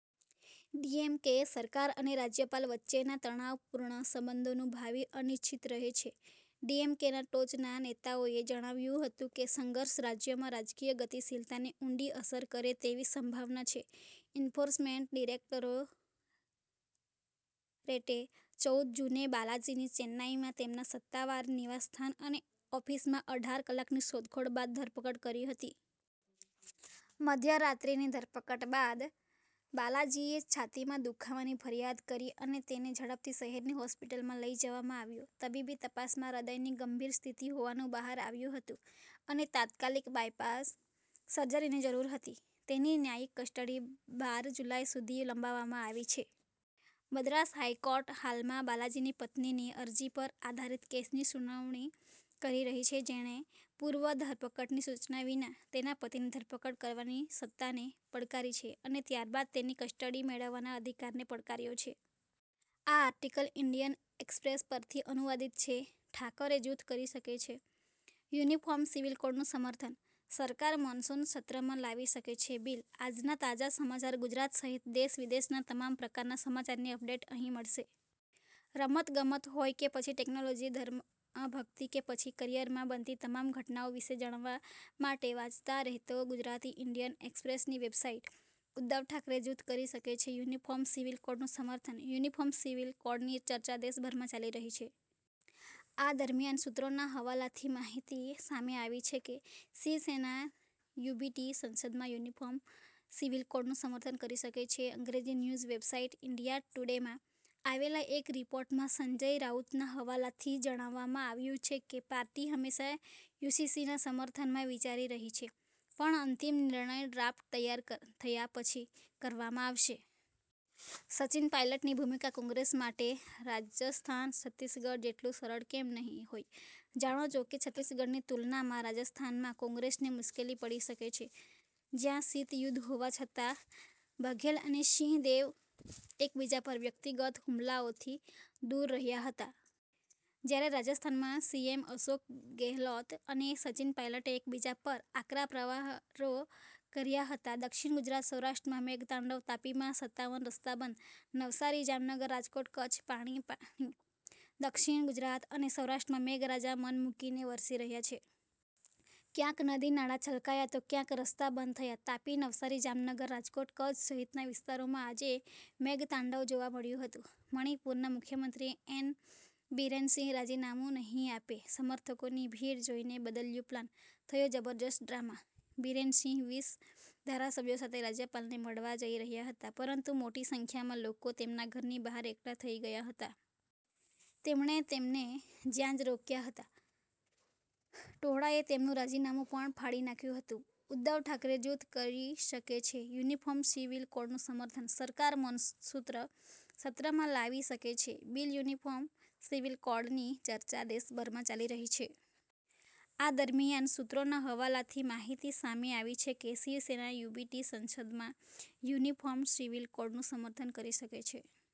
ડીએમકે સરકાર અને રાજ્યપાલ વચ્ચેના તણાવપૂર્ણ સંબંધોનું ભાવિ અનિશ્ચિત રહે છે, ડીએમકેના ટોચના નેતાઓએ જણાવ્યું હતું કે સંઘર્ષ રાજ્યમાં રાજકીય ગતિશીલતાને ઊંડી અસર કરે તેવી સંભાવના છે. એન્ફોર્સમેન્ટ ડિરેક્ટોરેટે ચોઉદ જૂને બાલાજીની ચેન્નાઈમાં તેમના સત્તાવાર નિવાસસ્થાન અને ઓફિસમાં અઢાર કલાકની શોધખોળ બાદ ધરપકડ કરી હતી. મધ્યરાત્રિની ધરપકડ બાદ, બાલાજીએ છાતીમાં દુખાવાની ફરિયાદ કરી અને તેને ઝડપથી શહેરની હોસ્પિટલમાં લઈ જવામાં આવ્યો. તબીબી તપાસમાં હૃદયની ગંભીર સ્થિતિ હોવાનું બહાર આવ્યું હતું અને તાત્કાલિક બાયપાસ સર્જરીની જરૂર હતી. તેની ન્યાયિક કસ્ટડી બાર જુલાઈ સુધી લંબાવવામાં આવી છે. મદ્રાસ હાઈકોર્ટ હાલમાં બાલાજીની પત્નીની અરજી પર આધારિત કેસની સુનાવણી કરી રહી છે જેણે પૂર્વ ધરપકડની સૂચના વિના તેના પતિની ધરપકડ કરવાની ની સત્તાને પડકારી છે અને ત્યારબાદ તેની કસ્ટડી મેળવવાના અધિકારને પડકાર્યો છે. આ આર્ટિકલ ઇન્ડિયન એક્સપ્રેસ પરથી અનુવાદીત છે, ઠાકરે જૂથ કરી શકે છે યૂનિફોર્મ સિવિલ કોડનું સમર્થન! સરકાર મોનસૂત્ર સત્રમાં લાવી શકે છે બિલ, આજના તાજા સમાચાર ગુજરાત સહિત દેશ વિદેશના તમામ પ્રકારના સમાચારની અપડેટ અહીં મળશે. રમત-ગમત હોય કે પછી ટેક્નોલોજી, ધર્મભક્તિ કે પછી કરિયરમાં બનતી તમામ ઘટનાઓ વિશે જાણવા માટે વાંચતા રહેતો ગુજરાતી ઇન્ડિયન એક્સપ્રેસની વેબસાઇટ. ઉદ્ધવ ઠાકરે જૂથ કરી શકે છે યૂનિફોર્મ સિવિલ કોડનું સમર્થન, યૂનિફોર્મ સિવિલ કોર્ડની ચર્ચા દેશભરમાં ચાલી રહી છે. આ દરમિયાન સૂત્રોના હવાલાથી માહિતી સામે આવી છે કે શિવસેના યુબીટી સસંદમાં યૂનિફોર્મ સિવિલ કોડનું સમર્થન કરી શકે છે. અંગ્રેજી ન્યૂઝ વેબસાઇટ ઇન્ડિયા ટૂડેમાં આવેલા એક રિપોર્ટમાં સંજય રાઉતના હવાલાથી જણાવવામાં આવ્યું છે કે પાર્ટી હંમેશા યુસીસીના સમર્થનમાં વિચારી રહી છે પણ અંતિમ નિર્ણય ડ્રાફ્ટ તૈયાર થયા પછી કરવામાં આવશે. સચિન પાયલટની ભૂમિકા કોંગ્રેસ માટે રાજસ્થાન છત્તીસગઢ જેટલું સરળ કેમ નહીં હોય, જાણો જોકે છત્તીસગઢની તુલનામાં રાજસ્થાનમાં કોંગ્રેસને મુશ્કેલી પડી શકે છે. જ્યાં શીત યુદ્ધ હોવા છતાં બઘેલ અને સિંહ દેવ એકબીજા પર વ્યક્તિગત હુમલાઓથી દૂર રહ્યા હતા. જ્યારે રાજસ્થાનમાં સીએમ અશોક ગેહલોત અને સચિન પાયલટે એકબીજા પર આકરા પ્રહારો કર્યા હતા. દક્ષિણ ગુજરાત-સૌરાષ્ટ્રમાં મેઘ તાંડવ તાપીમાં સતાવન રસ્તા બંધ, નવસારી, જામનગર, રાજકોટ, કચ્છ પાણી-પાણી. દક્ષિણ ગુજરાત અને સૌરાષ્ટ્રમાં મેઘરાજા મન મુકીને વરસી રહ્યા છે. ક્યાંક નદી નાળા છલકાયા તો ક્યાંક રસ્તા બંધ થયા. તાપી, નવસારી, જામનગર, રાજકોટ, કચ્છ સહિતના વિસ્તારોમાં આજે મેઘ તાંડવ જોવા મળ્યું હતું. મણિપુરના મુખ્યમંત્રી એન બિરેન સિંહ રાજીનામું નહીં આપે, સમર્થકોની ભીડ જોઈને બદલ્યો પ્લાન, થયો જબરજસ્ત ડ્રામા: બિરેન સિંહ વીસ ધારાસભ્યો સાથે રાજ્યપાલને મળવા જઈ રહ્યા હતા પરંતુ મોટી સંખ્યામાં લોકો તેમના ઘરની બહાર એકઠા થઈ ગયા હતા. જેમણે તેમને ત્યાં જ રોક્યા હતા. ટોળાએ તેમનું રાજીનામું પણ ફાડી નાખ્યું હતું ઉદ્ધવ ઠાકરે જૂથ કરી શકે છે યૂનિફોર્મ સિવિલ કોડનું સમર્થન, સરકાર મોનસૂત્ર સત્રમાં લાવી શકે છે બિલ યૂનિફોર્મ સિવિલ કોર્ડની ચર્ચા દેશભરમાં ચાલી રહી છે. આ દરમિયાન સૂત્રોના હવાલાથી માહિતી સામે આવી છે કે શિવસેના યુબીટી સસંદમાં યૂનિફોર્મ સિવિલ કોડનું સમર્થન કરી શકે છે.